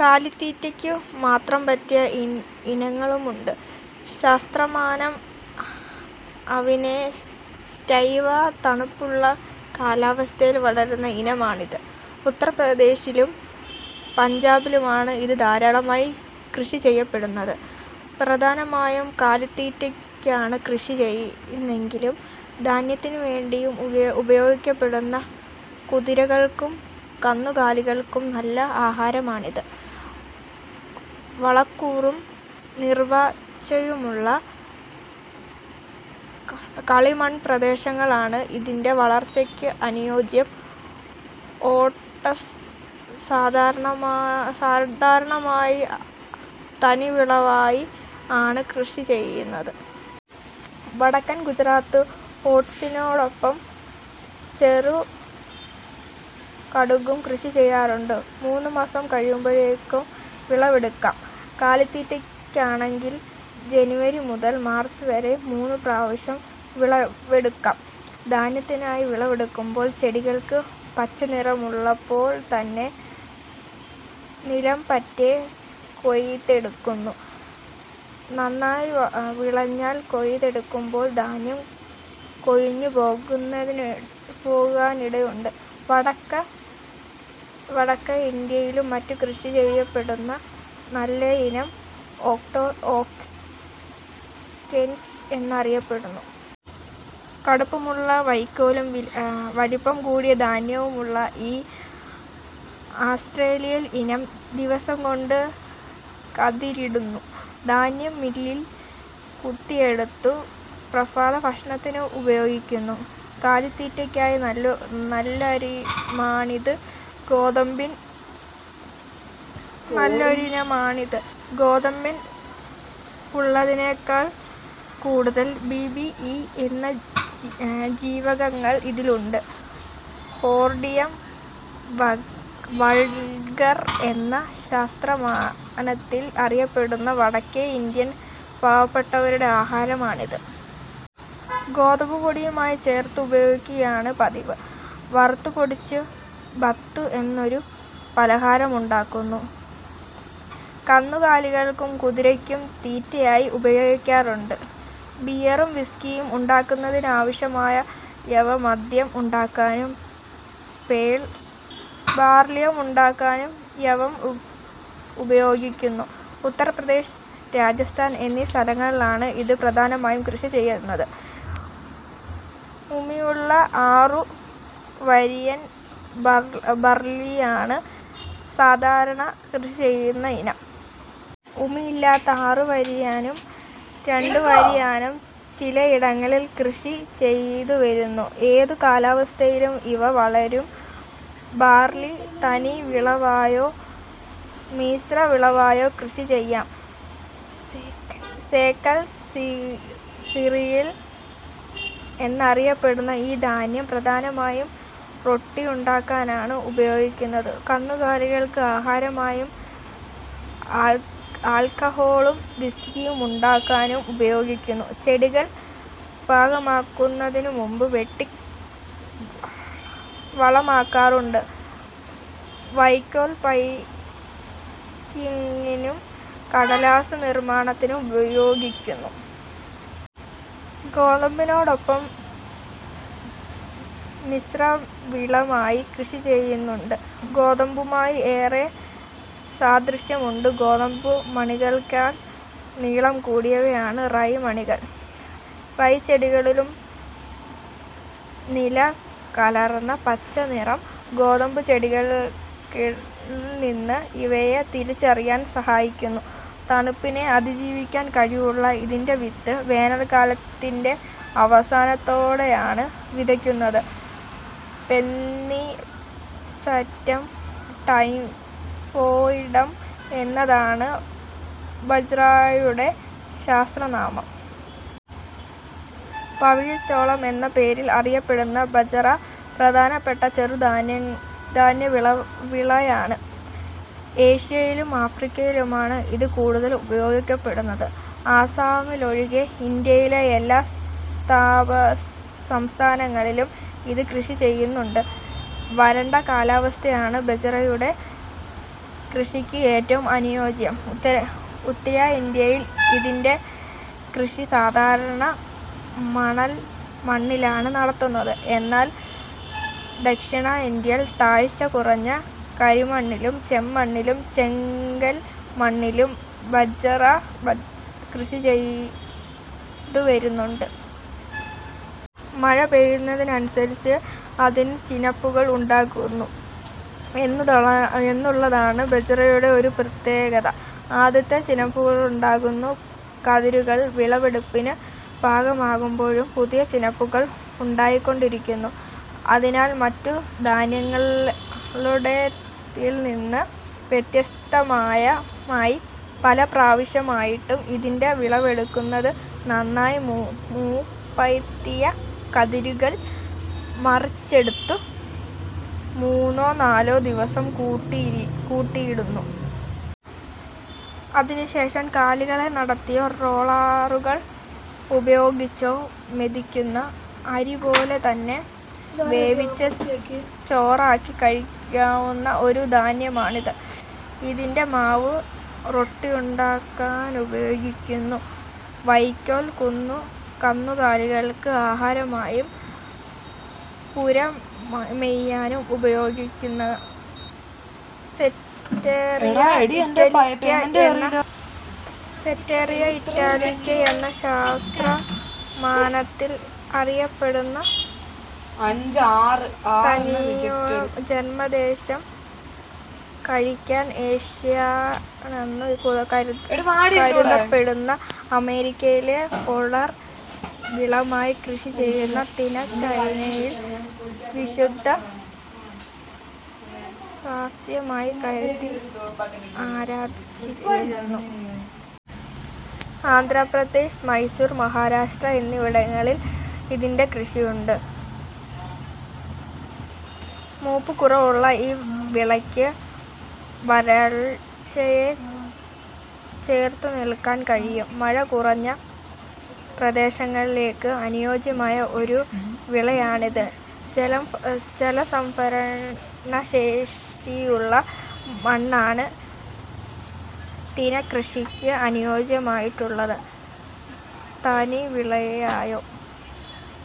കാലിത്തീറ്റയ്ക്കു മാത്രം പറ്റിയ ഇനങ്ങളുമുണ്ട്. ശാസ്ത്രമാനം: അവിന സ്റ്റൈവ. തണുപ്പുള്ള കാലാവസ്ഥയിൽ വളരുന്ന ഇനമാണിത്. ഉത്തർപ്രദേശിലും പഞ്ചാബിലുമാണ് ഇത് ധാരാളമായി കൃഷിചെയ്യപ്പെടുന്നത്. പ്രധാനമായും കാലിത്തീറ്റയ്ക്കാണ് കൃഷി ചെയ്യുന്നതെങ്കിലും ധാന്യത്തിനുവേണ്ടിയും ഉപയോഗിക്കപ്പെടുന്ന. കുതിരകൾക്കും കന്നുകാലികൾക്കും നല്ല ആഹാരമാണിത്. വളക്കൂറും നീർവാർച്ചയുമുള്ള കളിമൺപ്രദേശങ്ങളാണ് ഇതിന്റെ വളർച്ചയ്ക്ക് അനുയോജ്യം. ഓട്ടസ് സാധാരണയായി തനിവിളയായി ആണ് കൃഷിചെയ്യുന്നത്. വടക്കൻ ഗുജറാത്തിൽ ഓട്സിനോടൊപ്പം ചെറുകടുകും കൃഷി ചെയ്യാറുണ്ട്. മൂന്നുമാസം കഴിയുമ്പോഴേക്കും വിളവെടുക്കാം. കാലിത്തീറ്റയ്ക്കാണെങ്കിൽ ജനുവരി മുതൽ മാർച്ച് വരെ മൂന്നുപ്രാവശ്യം വിളവെടുക്കാം. ധാന്യത്തിനായി വിളവെടുക്കുമ്പോൾ ചെടികൾക്ക് പച്ചനിറമുള്ളപ്പോൾത്തന്നെ നിലംപറ്റെ കൊയ്തെടുക്കുന്നു. നന്നായി വിളഞ്ഞാൽ കൊയ്തെടുക്കുമ്പോൾ ധാന്യം കൊഴിഞ്ഞുപോകാനിടയുണ്ട്. വടക്കെ ഇന്ത്യയിലും മറ്റും കൃഷിചെയ്യപ്പെടുന്ന നല്ലയിനം ഓട്സ് 'കെന്റ്' എന്നറിയപ്പെടുന്നു. കടുപ്പമുള്ള വയ്ക്കോലും വലിപ്പം കൂടിയ ധാന്യവുമുള്ള ഈ ആസ്റ്റ്രേലിയൻ ഇനം ദിവസംകൊണ്ട് കതിരിടുന്നു. ധാന്യം മില്ലിൽ കുത്തിയെടുത്ത് പ്രഭാതഭക്ഷണത്തിനുപയോഗിക്കുന്നു. കാലിത്തീറ്റയ്ക്ക് നല്ലൊരിനമാണിത്. ഗോതമ്പിൽ ഉള്ളതിനെക്കാൾ കൂടുതൽ ബി, ബി, ഇ എന്നീ ജീവകങ്ങൾ ഇതിലുണ്ട്. ഹോർഡിയം വൾഗർ എന്ന ശാസ്ത്രനാമത്തിൽ അറിയപ്പെടുന്നു. വടക്കേ ഇന്ത്യയിൽ പാവപ്പട്ടവരുടെ ആഹാരമാണിത്. ഗോതമ്പുപൊടിയുമായി ചേർത്ത് ഉപയോഗിക്കുകയാണ് പതിവ്. വറുത്ത് പൊടിച്ച് 'ബത്തു' എന്നൊരു പലഹാരമുണ്ടാക്കുന്നു. കന്നുകാലികൾക്കും കുതിരയ്ക്കും തീറ്റയായും ഉപയോഗിക്കാറുണ്ട്. ബിയറും വിസ്കിയും ഉണ്ടാക്കുന്നതിനാവശ്യമായ യവ മദ്യം ഉണ്ടാക്കാനും പേൾ ബാർലിയുണ്ടാക്കാനും യവം ഉപയോഗിക്കുന്നു. ഉത്തർപ്രദേശ്, രാജസ്ഥാൻ എന്നീ സംസ്ഥാനങ്ങളിലാണ് ഇത് പ്രധാനമായും കൃഷിചെയ്യുന്നത്. ഉമിയുള്ള ആറുവരിയൻ ബർലിയാണ് സാധാരണ കൃഷിചെയ്യുന്ന ഇനം. ഉമിയില്ലാത്ത ആറുവരിയനും രണ്ടുവരിയനും ചിലയിടങ്ങളിൽ കൃഷിചെയ്തുവരുന്നു. ഏതു കാലാവസ്ഥയിലും ഇവ വളരും. ബാർലി തനിവിളയായോ മിശ്രവിളയായോ കൃഷിചെയ്യാം. സെക്കേൽ സിറിയൽ എന്നറിയപ്പെടുന്ന ഈ ധാന്യം പ്രധാനമായും റൊട്ടിയുണ്ടാക്കാനാണ് ഉപയോഗിക്കുന്നത്. കന്നുകാലികൾക്ക് ആഹാരമായും ആൽക്കഹോളും വിസ്കിയും ഉണ്ടാക്കാനും ഉപയോഗിക്കുന്നു. ചെടികൾ പാകമാകുന്നതിനുമുമ്പ് വെട്ടി വളമാക്കാറുണ്ട്. വയ്ക്കോൽ പയ്ക്കിങ്ങിനും കടലാസ്സു നിർമ്മാണത്തിനും ഉപയോഗിക്കുന്നു. ഗോതമ്പിനോടൊപ്പം മിശ്രവിളവായി കൃഷിചെയ്യുന്നുണ്ട്. ഗോതമ്പുമായി ഏറെ സാദൃശ്യവുമുണ്ട്. ഗോതമ്പുമണിയെക്കാൾ നീളം കൂടിയവയാണ് റൈ മണികൾ. റൈ ചെടികളുടെ നില കലർന്ന പച്ച നിറം ഗോതമ്പുചെടികളിൽനിന്ന് ഇവയെ തിരിച്ചറിയാൻ സഹായിക്കുന്നു. തണുപ്പിനെ അതിജീവിക്കാൻ കഴിവുള്ള ഇതിന്റെ വിത്ത് വേനൽക്കാലാത്തിന്റെ അവസാനത്തേടെയാണ് വിതയ്ക്കുന്നത്. പെന്നിസറ്റം ടൈഫോയിഡം എന്നതാണ് ബജ്റയുടെ ശാസ്ത്രനാമം. പവിഴച്ചോളം എന്ന പേരിൽ അറിയപ്പെടുന്ന ബജ്റ പ്രധാനപ്പെട്ട ചെറു ധാന്യവിളയാണ്. ഏഷ്യയിലും ആഫ്രിക്കയിലുമാണ് ഇത് കൂടുതൽ ഉപയോഗിക്കപ്പെടുന്നത്. അസമിലൊഴികെ ഇന്ത്യയിലെ എല്ലാ സംസ്ഥാനങ്ങളിലും ഇത് കൃഷിചെയ്യുന്നുണ്ട്. വരണ്ട കാലാവസ്ഥയാണ് ബജ്റയുടെ കൃഷിക്ക് ഏറ്റവും അനുയോജ്യം. ഉത്തരേന്ത്യയിൽ ഇതിന്റെ കൃഷി സാധാരണ മണൽമണ്ണിലാണ് നടത്തുന്നത്. എന്നാൽ ദക്ഷിണേന്ത്യയിൽ താഴ്ച കുറഞ്ഞ കരിമണ്ണിലും ചെമ്മണ്ണിലും ചെങ്കൽമണ്ണിലും ബജ്റ കൃഷിചെയ്തുവരുന്നുണ്ട്. മഴ പെയ്യുന്നതിനനുസരിച്ച് അതിന് ചിനപ്പുകൾ ഉണ്ടാകുന്നു എന്നുള്ളതാണ് ബജ്റയുടെ ഒരു പ്രത്യേകത. ആദ്യത്തെ ചിനപ്പുകളിലുണ്ടാകുന്ന കതിരുകൾ വിളവെടുപ്പിന് പാകമാകുമ്പോഴും പുതിയ ചിനപ്പുകൾ ഉണ്ടായിക്കൊണ്ടിരിക്കും. അതിനാൽ മറ്റു ധാന്യങ്ങളുടേതിൽനിന്നു വ്യത്യസ്തമായി പല പ്രാവശ്യമായിട്ടാണ് ഇതിന്റെ വിളവെടുക്കുന്നത്. നന്നായി മൂപ്പത്തിയ കതിരുകൾ മറിച്ചെടുത്ത് മൂന്നോ നാലോ ദിവസം കൂട്ടിയിടുന്നു. അതിനുശേഷം കാലികളെ നടത്തിയോ റോളറുകൾ ഉപയോഗിച്ചോ മെതിക്കുന്നു. അരിപോലെതന്നെ വേവിച്ച് ചോറാക്കി കഴിക്കാവുന്ന ഒരു ധാന്യമാണിത്. ഇതിന്റെ മാവ് റൊട്ടിയുണ്ടാക്കാനുപയോഗിക്കുന്നു. വയ്ക്കോൽ കന്നുകാലികൾക്ക് ആഹാരമായും പുര മേയാനും ഉപയോഗിക്കുന്നു. സെറ്റേറിയ ഇറ്റാലിക്ക എന്ന ശാസ്ത്രമാനത്തിൽ അറിയപ്പെടുന്ന തിനയുടെ ജന്മദേശം കഴക്കൻ ഏഷ്യയാണെന്നു കരുതപ്പെടുന്ന. അമേരിക്കയിൽ ഫോഡർ വിളയായി കൃഷി ചെയ്യുന്ന തിന ചൈനയിൽ വിശുദ്ധ സാ സ്യമായി കരുതി ആരാധിചിരുന്നു ആന്ധ്രപ്രദേശ്, മൈസൂർ, മഹാരാഷ്ട്ര എന്നിവിടങ്ങളിൽ ഇതിന്റെ കൃഷിയുണ്ട്. മൂപ്പുകുറവുള്ള ഈ വിളയ്ക്ക് വരൾച്ചയെ ചേറുത്തുനില്ക്കാൻ കഴിയും. മഴ കുറഞ്ഞ പ്രദേശങ്ങളിലേക്ക് അനുയോജ്യമായ ഒരു വിളയാണിത്. ജലസംഭരണശേഷിയുള്ള മണ്ണാണ് തിനക്കൃഷിക്ക് അനുയോജ്യമായിട്ടുള്ളത്. തനിവിളയായോ